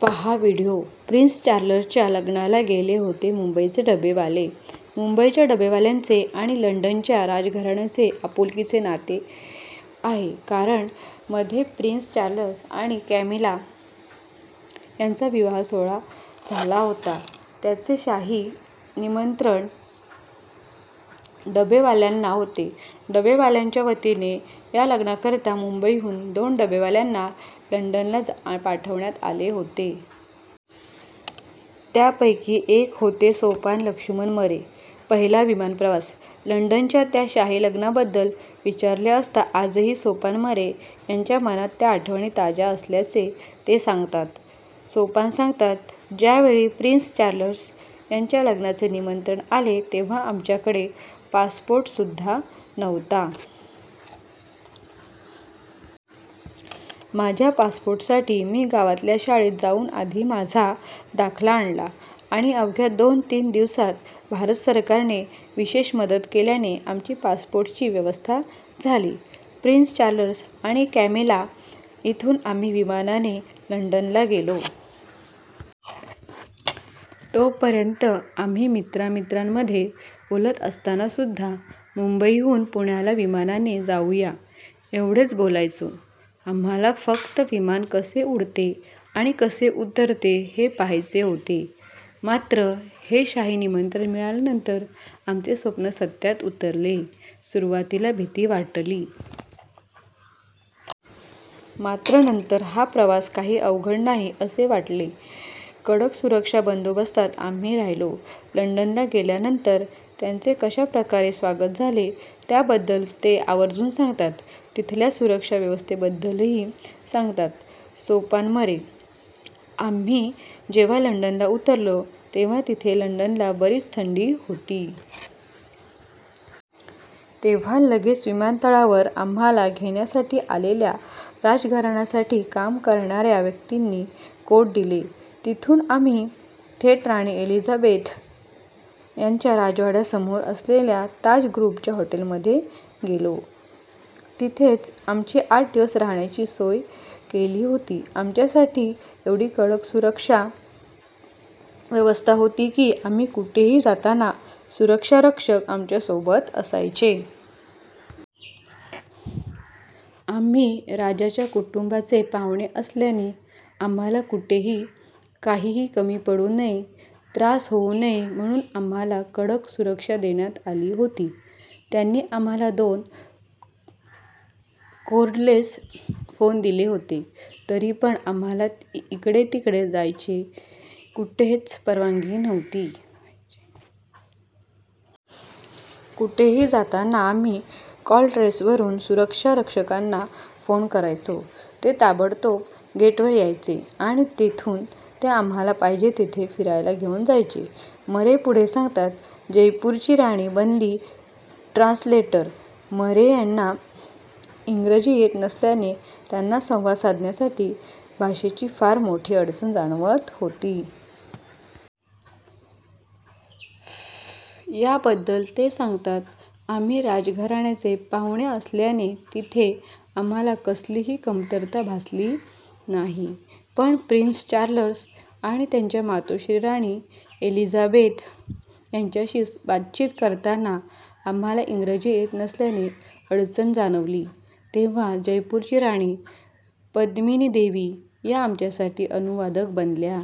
पाहा video: prince चार्ल्सच्या लग्नाला गेले होते मुंबईचे डबेवाले! मुंबईच्या डबेवाल्यांचे आणि लंडनच्या राजघराण्याचे आपुलकीचे नाते आहे. कारण मध्ये प्रिन्स चार्ल्स आणि कॅमिला यांचा विवाहसोहळा झाला होता. त्याचे शाही निमंत्रण डबेवाल्यांना होते. डबेवाल्यांच्या वतीने या लग्नाकरिता मुंबईहून दोन डबेवाल्यांना लंडनला पाठवण्यात आले होते. त्यापैकी एक होते सोपान लक्ष्मण मरे. पहिला विमानप्रवास - लंडनच्या त्या शाही लग्नाबद्दल विचारले असता आजही सोपान मरे यांच्या मनात त्या आठवणी ताज्या असल्याचे ते सांगतात. सोपान सांगतात, "ज्यावेळी प्रिन्स चार्ल्स यांच्या लग्नाचे निमंत्रण आले तेव्हा आमच्याकडे पासपोर्टसुद्धा नव्हता. माझ्या पासपोर्टसाठी मी गावातल्या शाळेत जाऊन आधी माझा दाखला आणला आणि अवघ्या दोन-तीन दिवसांत भारत सरकारने विशेष मदत केल्याने आमची पासपोर्टची व्यवस्था झाली." प्रिन्स चार्ल्स आणि कॅमिला - "इथून आम्ही विमानाने लंडनला गेलो. तोपर्यंत आम्ही मित्रा-मित्रांमध्ये बोलत असतानासुद्धा मुंबईहून पुण्याला विमानाने जाऊ या, एवढेच बोलायचो. आम्हाला फक्त विमान कसे उडते आणि कसे उतरते हे पाहायचे होते. मात्र हे शाही निमंत्रण मिळाल्यानंतर आमचे स्वप्न सत्यात उतरले. सुरुवातीला भीती वाटली. मात्र नंतर हा प्रवास काही अवघड नाही असे वाटले." कडक सुरक्षा बंदोबस्तात आम्ही राहिलो - लंडनला गेल्यानंतर त्यांचे कशा प्रकारे स्वागत झाले, याबद्दल ते आवर्जून सांगतात. तिथल्या सुरक्षाव्यवस्थेबद्दलही सांगतात. सोपान मरे - "आम्ही जेव्हा लंडनला उतरलो, तेव्हा तिथे लंडनला बरीच थंडी होती. तेव्हा लगेच विमानतळावर आम्हाला घेण्यासाठी आलेल्या राजघराण्यासाठी काम करणाऱ्या व्यक्तींनी कोट दिले. तिथून आम्ही थेट राणी एलिझाबेथ यांच्या राजवाड्यासमोर असलेल्या ताज ग्रुपच्या हॉटेलमध्ये गेलो. तिथेच आमची आठ दिवस राहण्याची सोय केली होती. आमच्यासाठी एवढी कडक सुरक्षा व्यवस्था होती की, आम्ही कुठेही जाताना सुरक्षारक्षक आमच्यासोबत असायचे." "आम्ही राजाच्या कुटुंबाचे पाहुणे असल्याने आम्हाला कुठेही काहीही कमी पडू नये, त्रास होऊ नये म्हणून आम्हाला कडक सुरक्षा देण्यात आली होती. त्यांनी आम्हाला दोन कॉर्डलेस फोन दिले होते. तरीपण आम्हाला इकडे तिकडे जायची कुठेच परवानगी नव्हती. कुठेही जाताना आम्ही कॉर्डलेसवरून सुरक्षा रक्षकांना फोन करायचो. ते ताबडतोब गेटवर यायचे आणि तिथून ते आम्हाला पाहिजे तिथे फिरायला घेऊन जायचे," मरे पुढे सांगतात. जयपूरची राणी बनली ट्रान्सलेटर - मरे यांना इंग्रजी येत नसल्याने त्यांना संवाद साधण्यासाठी भाषेची फार मोठी अडचण जाणवत होती. याबद्दल ते सांगतात, "आम्ही राजघराण्याचे पाहुणे असल्याने तिथे आम्हाला कसलीच कमतरता भासली नाही. पण प्रिन्स चार्ल्स आणि त्यांच्या मातोश्री राणी एलिझाबेथ यांच्याशी बातचीत करताना आम्हाला इंग्रजी येत नसल्याने अडचण जाणवली. तेव्हा जयपूरची राणी पद्मिनीदेवी या आमच्यासाठी अनुवादक बनल्या.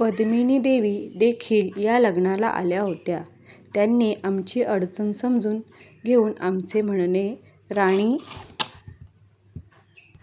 पद्मिनीदेवी देखील या लग्नाला आल्या होत्या. त्यांनी आमची अडचण समजून घेऊन आमचे म्हणणे राणी